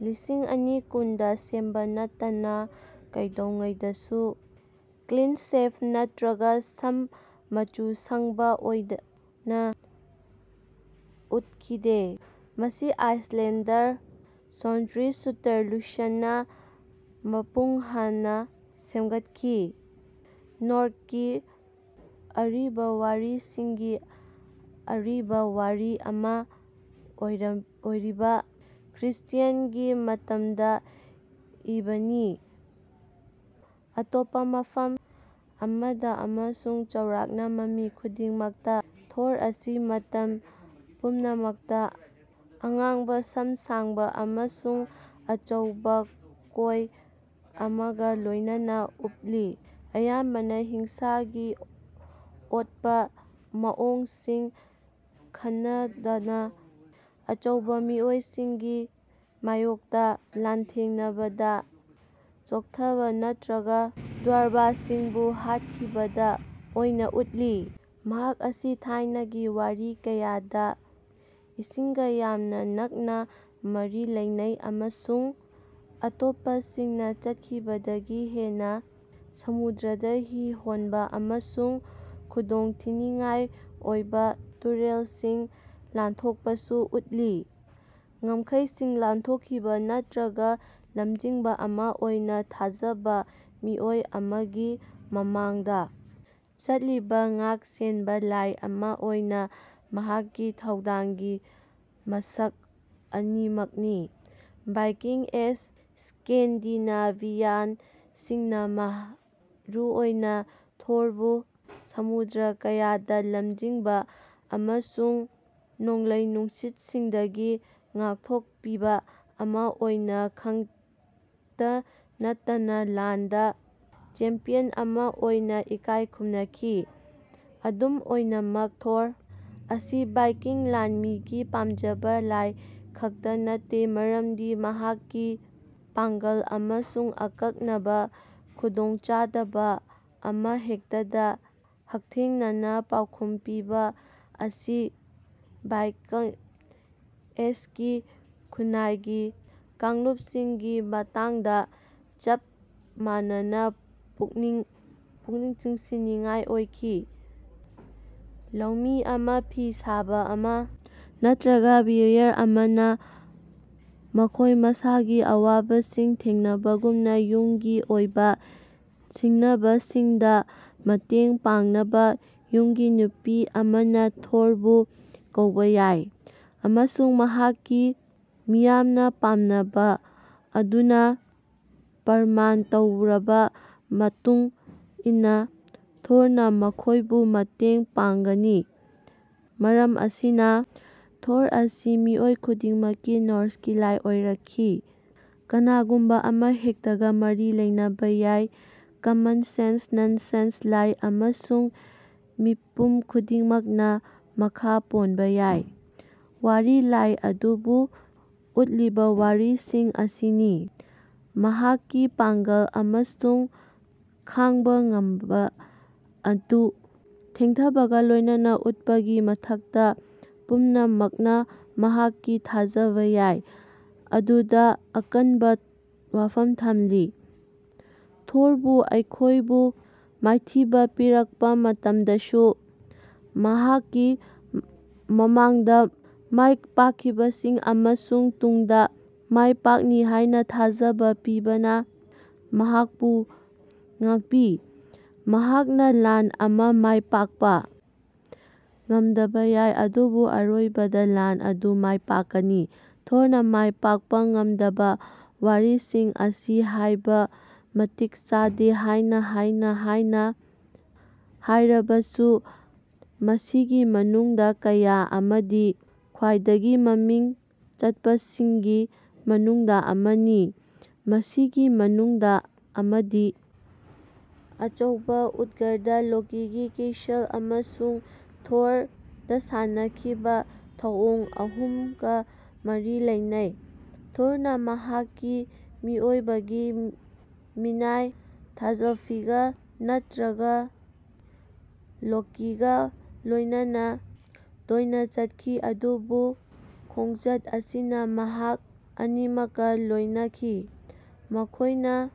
ꯂꯤꯁꯤꯡ ꯑꯅꯤ ꯀꯨꯟ ꯗ ꯁꯦꯝꯕ ꯅꯠꯇꯅ ꯀꯩꯗꯧꯉꯩꯗꯁꯨ ꯀ꯭ꯂꯤꯟ-ꯁꯦꯚ ꯅꯠꯇ꯭ꯔꯒ ꯁꯝ ꯃꯆꯨ ꯁꯪꯕ ꯑꯣꯏꯅ ꯎꯠꯈꯤꯗꯦ, ꯃꯁꯤ ꯑꯥꯏꯁꯂꯦꯟꯗꯔ ꯁ꯭ꯅꯣꯔꯤ ꯁ꯭ꯇꯨꯔꯂꯨꯁꯟꯅ ꯑꯃꯨꯛ ꯍꯟꯅ ꯁꯦꯝꯒꯠꯈꯤꯕ ꯅꯣꯔ꯭ꯁꯀꯤ ꯑꯔꯤꯕ ꯋꯥꯔꯤꯁꯤꯡꯒꯤ ꯑꯔꯤꯕ ꯋꯥꯔꯤ ꯑꯃ ꯑꯣꯏꯔꯤꯕ, ꯈ꯭ꯔꯤꯁꯇ꯭ꯌꯥꯟꯒꯤ ꯃꯇꯥꯡꯗ ꯏꯕꯅꯤ꯫ ꯑꯇꯣꯞꯄ ꯃꯐꯝ ꯑꯃꯗ, ꯑꯃꯁꯨꯡ ꯆꯥꯎꯔꯥꯛꯅ ꯃꯃꯤ ꯈꯨꯗꯤꯡꯃꯛꯇ, ꯊꯣꯔ ꯑꯁꯤ ꯃꯇꯝ ꯄꯨꯝꯅꯃꯛꯇ ꯑꯉꯥꯡꯕ ꯁꯝ ꯁꯥꯡꯕ ꯑꯃꯁꯨꯡ ꯑꯆꯧꯕ ꯀꯣꯏ ꯑꯃꯒ ꯂꯣꯏꯅꯅ ꯎꯞꯂꯤ, ꯑꯌꯥꯝꯕꯅ ꯍꯤꯡꯁꯥꯒꯤ ꯑꯣꯠꯄ ꯃꯑꯣꯡꯁꯤꯡ ꯈꯟꯅꯗꯅ ꯑꯆꯧꯕ ꯃꯤꯑꯣꯏꯁꯤꯡꯒꯤ ꯃꯥꯌꯣꯛꯇ ꯂꯥꯟꯊꯦꯡꯅꯕꯗ ꯆꯣꯡꯊꯕ ꯅꯠꯇ꯭ꯔꯒ ꯗ꯭ꯋꯥꯔꯕꯁꯤꯡꯕꯨ ꯍꯥꯠꯈꯤꯕꯗ ꯑꯣꯏꯅ ꯎꯠꯂꯤ꯫ ꯃꯍꯥꯛ ꯑꯁꯤ ꯊꯥꯏꯅꯒꯤ ꯋꯥꯔꯤ ꯀꯌꯥꯗ ꯏꯁꯤꯡꯒ ꯌꯥꯝꯅ ꯅꯛꯅ ꯃꯔꯤ ꯂꯩꯅꯩ ꯑꯃꯁꯨꯡ ꯑꯇꯣꯞꯄꯁꯤꯡꯅ ꯆꯠꯈꯤꯕꯗꯒꯤ ꯍꯦꯟꯅ ꯁꯃꯨꯗ꯭ꯔꯗ ꯍꯤ ꯍꯣꯟꯕ ꯑꯃꯁꯨꯡ ꯈꯨꯗꯣꯡꯊꯤꯅꯤꯡꯉꯥꯏ ꯑꯣꯏꯕ ꯇꯨꯔꯦꯜꯁꯤꯡ ꯂꯥꯟꯊꯣꯛꯄꯁꯨ ꯎꯠꯂꯤ ꯉꯝꯈꯩꯁꯤꯡ ꯂꯥꯟꯊꯣꯛꯈꯤꯕ ꯅꯠꯇ꯭ꯔꯒ ꯂꯝꯖꯤꯡꯕ ꯑꯃ ꯑꯣꯏꯅ ꯊꯥꯖꯕ ꯃꯤꯑꯣꯏ ꯑꯃꯒꯤ ꯃꯃꯥꯡꯗ ꯆꯠꯂꯤꯕ ꯉꯥꯛꯁꯦꯟꯕ ꯂꯥꯏ ꯑꯃ ꯑꯣꯏꯅ ꯃꯍꯥꯛꯀꯤ ꯊꯧꯗꯥꯡꯒꯤ ꯃꯁꯛ ꯑꯅꯤꯃꯛꯅꯤ꯫ ꯚꯥꯏꯀꯤꯡ ꯑꯦꯖ ꯁ꯭ꯀꯦꯟꯗꯤꯅꯦꯚꯤꯌꯟꯁꯤꯡꯅ ꯃꯔꯨꯑꯣꯏꯅ ꯊꯣꯔꯕꯨ ꯁꯃꯨꯗ꯭ꯔ ꯀꯌꯥꯗ ꯂꯝꯖꯤꯡꯕ ꯑꯃꯁꯨꯡ ꯅꯣꯡꯂꯩ-ꯅꯨꯡꯁꯤꯠꯁꯤꯡꯗꯒꯤ ꯉꯥꯛꯊꯣꯛꯄꯤꯕ ꯑꯃ ꯑꯣꯏꯅ ꯈꯛꯇ ꯅꯠꯇꯅ ꯂꯥꯟꯗ ꯆꯦꯝꯄ꯭ꯌꯟ ꯑꯃꯥ ꯑꯣꯏꯅ ꯏꯀꯥꯏ ꯈꯨꯝꯅꯈꯤ꯫ ꯑꯗꯨꯝ ꯑꯣꯏꯅꯃꯛ, ꯊꯣꯔ ꯑꯁꯤ ꯚꯥꯏꯀꯤꯡ ꯂꯥꯟꯃꯤꯒꯤ ꯄꯥꯝꯖꯕ ꯂꯥꯏ ꯈꯛꯇ ꯅꯠꯇꯦ, ꯃꯔꯝꯗꯤ ꯃꯍꯥꯛꯀꯤ ꯄꯥꯡꯒꯜ ꯑꯃꯁꯨꯡ ꯑꯀꯛꯅꯕ ꯈꯨꯗꯣꯡꯆꯥꯗꯕ ꯑꯃꯍꯦꯛꯇꯗ ꯍꯛꯊꯦꯡꯅꯅ ꯄꯥꯎꯈꯨꯝ ꯄꯤꯕ ꯑꯁꯤ ꯚꯥꯏꯀꯤꯡ ꯑꯦꯖꯀꯤ ꯈꯨꯟꯅꯥꯏꯒꯤ ꯀꯥꯡꯂꯨꯞꯁꯤꯡꯒꯤ ꯃꯇꯥꯡꯗ ꯆꯞ ꯃꯥꯟꯅꯅ ꯄꯨꯛꯅꯤꯡ ꯆꯤꯡꯁꯤꯟꯅꯤꯡꯉꯥꯏ ꯑꯣꯏꯈꯤ꯫ ꯂꯧꯃꯤ ꯑꯃ, ꯐꯤ ꯁꯥꯕ ꯑꯃ ꯅꯠꯇ꯭ꯔꯒ ꯕ꯭ꯔꯤꯋꯦꯔ ꯑꯃꯅ ꯃꯈꯣꯏ ꯃꯁꯥꯒꯤ ꯑꯋꯥꯕꯁꯤꯡ ꯊꯦꯡꯅꯕꯒꯨꯝꯅ ꯌꯨꯝꯒꯤ ꯑꯣꯏꯕ ꯁꯤꯡꯅꯕꯁꯤꯡꯗ ꯃꯇꯦꯡ ꯄꯥꯡꯅꯕ ꯌꯨꯝꯒꯤ ꯅꯨꯄꯤ ꯑꯃꯅ ꯊꯣꯔꯕꯨ ꯀꯧꯕ ꯌꯥꯏ ꯑꯃꯁꯨꯡ ꯃꯍꯥꯛꯀꯤ ꯃꯤꯌꯥꯝꯅ ꯄꯥꯝꯅꯕ ꯑꯗꯨꯅ ꯄ꯭ꯔꯃꯥꯟ ꯇꯧꯔꯕ ꯃꯇꯨꯡ ꯏꯟꯅ, ꯊꯣꯔꯅ ꯃꯈꯣꯏꯕꯨ ꯃꯇꯦꯡ ꯄꯥꯡꯒꯅꯤ꯫ ꯃꯔꯝ ꯑꯁꯤꯅ ꯊꯣꯔ ꯑꯁꯤ ꯃꯤꯑꯣꯏ ꯈꯨꯗꯤꯡꯃꯛꯀꯤ ꯅꯣꯔ꯭ꯁꯀꯤ ꯂꯥꯏ ꯑꯣꯏꯔꯛꯈꯤ꯫ ꯀꯅꯥꯒꯨꯝꯕ ꯑꯃꯍꯦꯛꯇꯒ ꯃꯔꯤ ꯂꯩꯅꯕ ꯌꯥꯕ ꯀꯃꯟ-ꯁꯦꯟꯁ, ꯅꯣꯟ-ꯅꯣꯟꯁ ꯂꯥꯏ ꯑꯃꯁꯨꯡ ꯃꯤꯄꯨꯝ ꯈꯨꯗꯤꯡꯃꯛꯅ ꯃꯈꯥ ꯄꯣꯟꯕ ꯌꯥꯏ꯫ ꯋꯥꯔꯤ ꯂꯥꯏ ꯑꯗꯨꯕꯨ ꯎꯠꯂꯤꯕ ꯋꯥꯔꯤꯁꯤꯡ ꯑꯁꯤꯅ, ꯃꯍꯥꯛꯀꯤ ꯄꯥꯡꯒꯜ ꯑꯃꯁꯨꯡ ꯈꯥꯡꯕ ꯉꯝꯕ ꯑꯗꯨ ꯊꯦꯡꯊꯕꯒ ꯂꯣꯏꯅꯅ ꯎꯠꯄꯒꯤ ꯃꯊꯛꯇ, ꯄꯨꯝꯅꯃꯛꯅ ꯃꯍꯥꯛꯀꯤ ꯊꯥꯖꯕ ꯌꯥꯏ ꯑꯗꯨꯗ ꯑꯀꯟꯕ ꯋꯥꯐꯝ ꯊꯝꯂꯤ꯫ ꯊꯣꯔꯕꯨ ꯑꯩꯈꯣꯏꯕꯨ ꯃꯥꯏꯊꯤꯕ ꯄꯤꯔꯛꯄ ꯃꯇꯝꯗꯁꯨ, ꯃꯍꯥꯛꯀꯤ ꯃꯃꯥꯡꯗ ꯃꯥꯏꯄꯥꯛꯈꯤꯕꯁꯤꯡ ꯑꯃꯁꯨꯡ ꯇꯨꯡꯗ ꯃꯥꯏꯄꯥꯛꯅꯤ ꯍꯥꯏꯅ ꯊꯥꯖꯕ ꯄꯤꯕꯅ ꯃꯍꯥꯛꯄꯨ ꯉꯥꯛꯄꯤ; ꯃꯍꯥꯛꯅ ꯂꯥꯟ ꯑꯃ ꯃꯥꯏ ꯄꯥꯛꯄ ꯉꯝꯗꯕ ꯌꯥꯏ ꯑꯗꯨꯕꯨ ꯑꯔꯣꯏꯕꯗ ꯂꯥꯟ ꯑꯗꯨ ꯃꯥꯏ ꯄꯥꯛꯀꯅꯤ꯫ ꯊꯣꯔꯅ ꯃꯥꯏ ꯄꯥꯛꯄ ꯉꯝꯗꯕ ꯋꯥꯔꯤꯁꯤꯡ ꯑꯁꯤ ꯍꯥꯏꯕ ꯃꯇꯤꯛ ꯆꯥꯗꯦ ꯍꯥꯏꯅ ꯍꯥꯏꯅ ꯍꯥꯏꯅ ꯍꯥꯏꯔꯕꯁꯨ, ꯃꯁꯤꯒꯤ ꯃꯅꯨꯡꯗ ꯀꯌꯥ ꯑꯃꯗꯤ ꯈ꯭ꯋꯥꯏꯗꯒꯤ ꯃꯃꯤꯡ ꯆꯠꯄꯁꯤꯡꯒꯤ ꯃꯅꯨꯡꯗ ꯑꯃꯅꯤ꯫ ꯃꯁꯤꯒꯤ ꯃꯅꯨꯡꯗ ꯑꯃꯗꯤ ꯑꯆꯧꯕ ꯎꯠꯒꯔꯗꯥ-ꯂꯣꯀꯤꯒꯤ ꯀꯦꯁꯜ ꯑꯃꯁꯨꯡ ꯊꯣꯔꯗ ꯁꯥꯟꯅꯈꯤꯕ ꯊꯧꯑꯣꯡ ꯑꯍꯨꯝꯒ ꯃꯔꯤ ꯂꯩꯅꯩ꯫ ꯊꯣꯔꯅ ꯃꯍꯥꯛꯀꯤ ꯃꯤꯑꯣꯏꯕꯒꯤ ꯃꯤꯅꯥꯏ ꯊꯖꯜꯐꯤꯒ ꯅꯠꯇ꯭ꯔꯒ ꯂꯣꯀꯤꯒ ꯂꯣꯏꯅꯅ ꯇꯣꯏꯅ ꯆꯠꯈꯤ ꯑꯗꯨꯕꯨ ꯈꯣꯡꯆꯠ ꯑꯁꯤꯅ ꯃꯍꯥꯛ ꯑꯅꯤꯃꯛꯀ ꯂꯣꯏꯅꯈꯤ꯫ ꯃꯈꯣꯏꯅ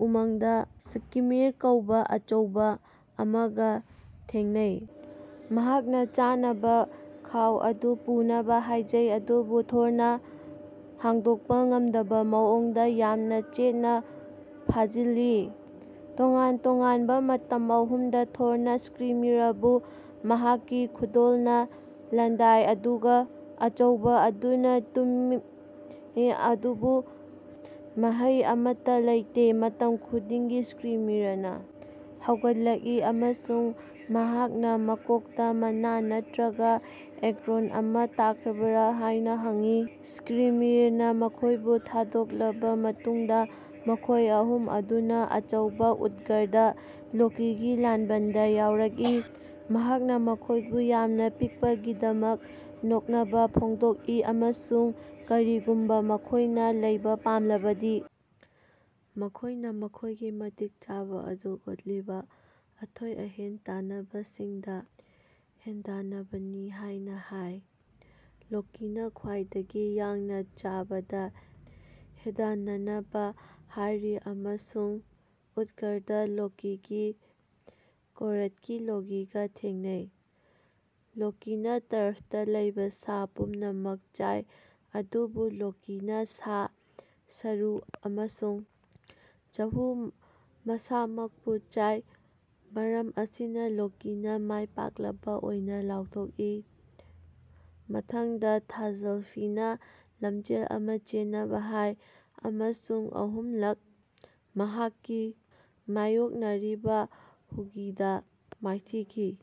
ꯎꯃꯪꯗ ꯁ꯭ꯀ꯭ꯔꯤꯃꯤꯔ ꯀꯧꯕ ꯑꯆꯧꯕ ꯑꯃꯒ ꯊꯦꯡꯅꯩ, ꯃꯍꯥꯛꯅ ꯆꯥꯅꯕ ꯈꯥꯎ ꯑꯗꯨ ꯄꯨꯅꯕ ꯍꯥꯏꯖꯩ ꯑꯗꯨꯕꯨ ꯊꯣꯔꯅ ꯍꯥꯡꯗꯣꯛꯄ ꯉꯝꯗꯕ ꯃꯑꯣꯡꯗ ꯌꯥꯝꯅ ꯆꯦꯠꯅ ꯐꯥꯖꯤꯜꯂꯤ꯫ ꯇꯣꯉꯥꯟ-ꯇꯣꯉꯥꯟꯕ ꯃꯇꯝ ꯑꯍꯨꯝꯗ ꯊꯣꯔꯅ ꯁ꯭ꯀ꯭ꯔꯤꯃꯤꯔꯕꯨ ꯃꯍꯥꯛꯀꯤ ꯈꯨꯗꯣꯜꯅ ꯂꯥꯟꯗꯥꯏ ꯑꯗꯨꯒ ꯑꯆꯧꯕ ꯑꯗꯨꯅ ꯇꯨꯝꯃꯤ ꯑꯗꯨꯕꯨ ꯃꯍꯩ ꯑꯃꯠꯇ ꯂꯩꯇꯦ; ꯃꯇꯝ ꯈꯨꯗꯤꯡꯒꯤ ꯁ꯭ꯀ꯭ꯔꯤꯃꯤꯔꯅ ꯍꯧꯒꯠꯂꯛꯏ ꯑꯃꯁꯨꯡ ꯃꯍꯥꯛꯅ ꯃꯀꯣꯛꯇ ꯃꯅꯥ ꯅꯠꯇ꯭ꯔꯒ ꯑꯦꯀꯣꯔ꯭ꯟ ꯑꯃ ꯇꯥꯈ꯭ꯔꯕ꯭ꯔꯥ ꯍꯥꯏꯅ ꯍꯪꯏ꯫ ꯁ꯭ꯀ꯭ꯔꯤꯃꯤꯔꯅ ꯃꯈꯣꯏꯕꯨ ꯊꯥꯗꯣꯛꯂꯕ ꯃꯇꯨꯡꯗ, ꯃꯈꯣꯏ ꯑꯍꯨꯝ ꯑꯗꯨꯅ ꯑꯆꯧꯕ ꯎꯠꯒꯔꯗꯥ-ꯂꯣꯀꯤꯒꯤ ꯂꯥꯟꯕꯟꯗ ꯌꯧꯔꯛꯏ, ꯃꯍꯥꯛꯅ ꯃꯈꯣꯏꯕꯨ ꯌꯥꯝꯅ ꯄꯤꯛꯄꯒꯤꯗꯃꯛ ꯅꯣꯛꯅꯕ ꯐꯣꯡꯗꯣꯛꯏ ꯑꯃꯁꯨꯡ ꯀꯔꯤꯒꯨꯝꯕ ꯃꯈꯣꯏꯅ ꯂꯩꯕ ꯄꯥꯝꯂꯕꯗꯤ, ꯃꯈꯣꯏꯅ ꯃꯈꯣꯏꯒꯤ ꯃꯇꯤꯛ ꯆꯥꯕ ꯑꯗꯨ ꯎꯠꯂꯤꯕ ꯑꯊꯣꯏ-ꯑꯍꯦꯟ ꯇꯥꯟꯅꯕꯁꯤꯡꯗ ꯍꯦꯟꯗꯥꯟꯅꯕꯅꯤ ꯍꯥꯏꯅ ꯍꯥꯏ꯫ ꯂꯣꯀꯤꯅ ꯈ꯭ꯋꯥꯏꯗꯒꯤ ꯌꯥꯡꯅ ꯆꯥꯕꯗ ꯍꯦꯟꯗꯥꯟꯅꯅꯕ ꯍꯥꯏꯔꯤ ꯑꯃꯁꯨꯡ ꯎꯠꯒꯔꯗꯥ-ꯂꯣꯀꯤꯒꯤ ꯀꯣꯔꯠꯀꯤ ꯂꯣꯒꯤꯒ ꯊꯦꯡꯅꯩ꯫ ꯂꯣꯀꯤꯅ ꯇ꯭ꯔꯐꯇ ꯂꯩꯕ ꯁꯥ ꯄꯨꯝꯅꯃꯛ ꯆꯥꯏ ꯑꯗꯨꯕꯨ ꯂꯣꯒꯤꯅ ꯁꯥ, ꯁꯔꯨ ꯑꯃꯁꯨꯡ ꯆꯥꯍꯨꯝ ꯃꯁꯥꯃꯛꯄꯨ ꯆꯥꯏ; ꯃꯔꯝ ꯑꯁꯤꯅ ꯂꯣꯀꯤꯅꯥ ꯃꯥꯏꯄꯥꯛꯂꯕ ꯑꯣꯏꯅ ꯂꯥꯎꯊꯣꯛꯏ꯫ ꯃꯊꯪꯗ, ꯊꯖꯥꯜꯐꯤꯅ ꯂꯝꯖꯦꯜ ꯑꯃ ꯆꯦꯟꯅꯕ ꯍꯥꯏ ꯑꯃꯁꯨꯡ ꯑꯍꯨꯝꯂꯛ ꯃꯍꯥꯛꯀꯤ ꯃꯥꯌꯣꯛꯅꯔꯤꯕ ꯍꯨꯒꯤꯗ ꯃꯥꯏꯊꯤꯈꯤ꯫